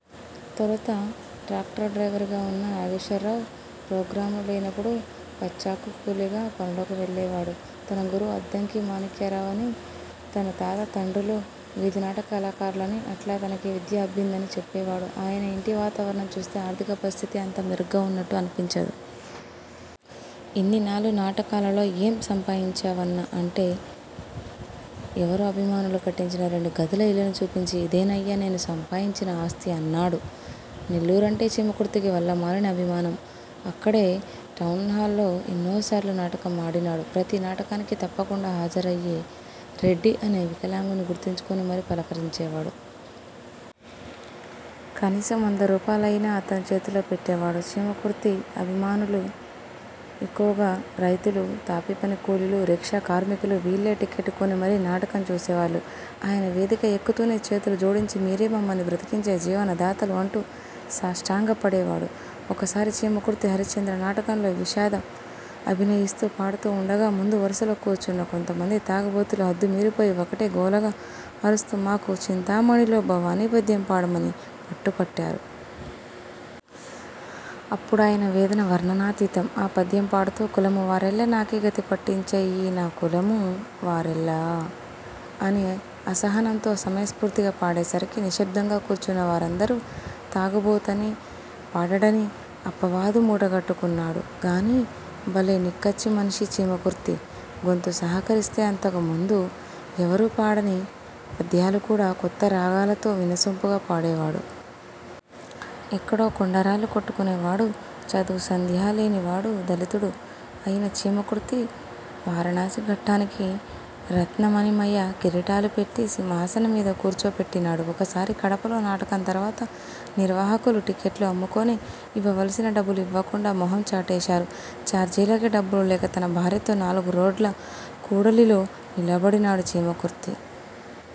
తొలుత ట్రాక్టరు డ్రైవరుగా వున్న నాగేశ్వర్రావు ప్రోగ్రాములు లేనపుడు పచ్చాకు కూలీగా పనులకు వెళ్ళేవాడు. తన గురువు అద్దంకి మాణిక్యరావనీ; తన తాత, తండ్రులు వీధినాటక కళాకారులని అట్లా తనకీ విద్య అబ్బిందనీ చెప్పేవాడు. ఆయన యింటి వాతావరణం చూస్తే ఆర్థిక పరిస్థితి అంత మెరుగ్గా వున్నట్టు అన్పించదు. 'ఇన్నినాళ్లు నాటకాలలో ఏం సంపాయించావన్నా! ' అంటే, ఎవరో అభిమానులు కట్టించిన రెండు గదుల ఇల్లును చూపించి 'ఇదేనయ్యా! నేను సంపాయించిన ఆస్తి' అన్నాడు. నెల్లూరంటే చీమకుర్తికి వల్లమాలిన అభిమానం. అక్కడే టౌన్హాల్లో ఎన్నోసార్లు నాటకం ఆడినాడు. ప్రతి నాటకానికీ తప్పకుండా హాజరయ్యే 'రెడ్డి' అనే వికలాంగుణ్ణి గుర్తుంచుకునిమరీ పలకరించేవాడు. కనీసం వందరూపాయలయినా అతని చేతిలో పెట్టేవాడు. చీమకుర్తి అభిమానులు ఎక్కువగా రైతులు, తాపీపని కూలీలు, రిక్షా కార్మికులు వీళ్ళే టిక్కెట్టు కొని మరీ నాటకం చూసేవాళ్ళు. ఆయన వేదిక ఎక్కుతూనే చేతులు జోడించి 'మీరే మమ్మల్ని బ్రతికించే జీవన దాతలు' అంటూ సాష్టాంగ పడేవాడు. ఒకసారి చీమకుర్తి హరిశ్చంద్ర నాటకంలో విషాదం అభినయిస్తూ పాడుతూ వుండగా ముందు వరుసలో కూర్చున్న కొంతమంది తాగుబోతులు హద్దు మీరిపోయి ఒకటే గోలగా అరుస్తూ 'మాకు చింతామణిలో భవాని పద్యం పాడ'మని పట్టుపట్టారు. అప్పుడాయన వేదన వర్ణనాతీతం. ఆ పద్యం పాడుతూ 'కులము వారెల్ల నాకీ గతి పట్టించే ఈ నా కులము వారెల్ల' అని అసహనంతో సమయస్ఫూర్తిగా పాడేసరికి నిశ్శబ్దంగా కూర్చున్నారందరూ. తాగుబోతని, పాడడని అపవాదు మూటగట్టుకున్నాడు గానీ, బలే నిక్కచ్చి మనిషి చీమకుర్తి. గొంతు సహకరిస్తే అంతకుముందు ఎవరూ పాడని పద్యాలు కూడా కొత్త రాగాలతో వినసొంపుగా పాడేవాడు. ఎక్కడో కొండరాళ్ళు కొట్టుకునే వాడూ, చదువూసంధ్యాలేని వాడూ, దళితుడూ అయిన చీమకుర్తి వారణాసి ఘట్టానికి రత్నమణిమయ కిరీటాలు పెట్టి సింహాసనం మీద కూర్చోపెట్టినాడు. ఒకసారి కడపలో నాటకం తర్వాత నిర్వాహకులు టిక్కెట్లు అమ్ముకొని ఇవ్వవలసిన డబ్బులు ఇవ్వకుండా మొహం చాటేశారు. చార్జీలకి డబ్బులు లేక తన భార్యతో నాలుగు రోడ్ల కూడలిలో నిలబడినాడు చీమకుర్తి.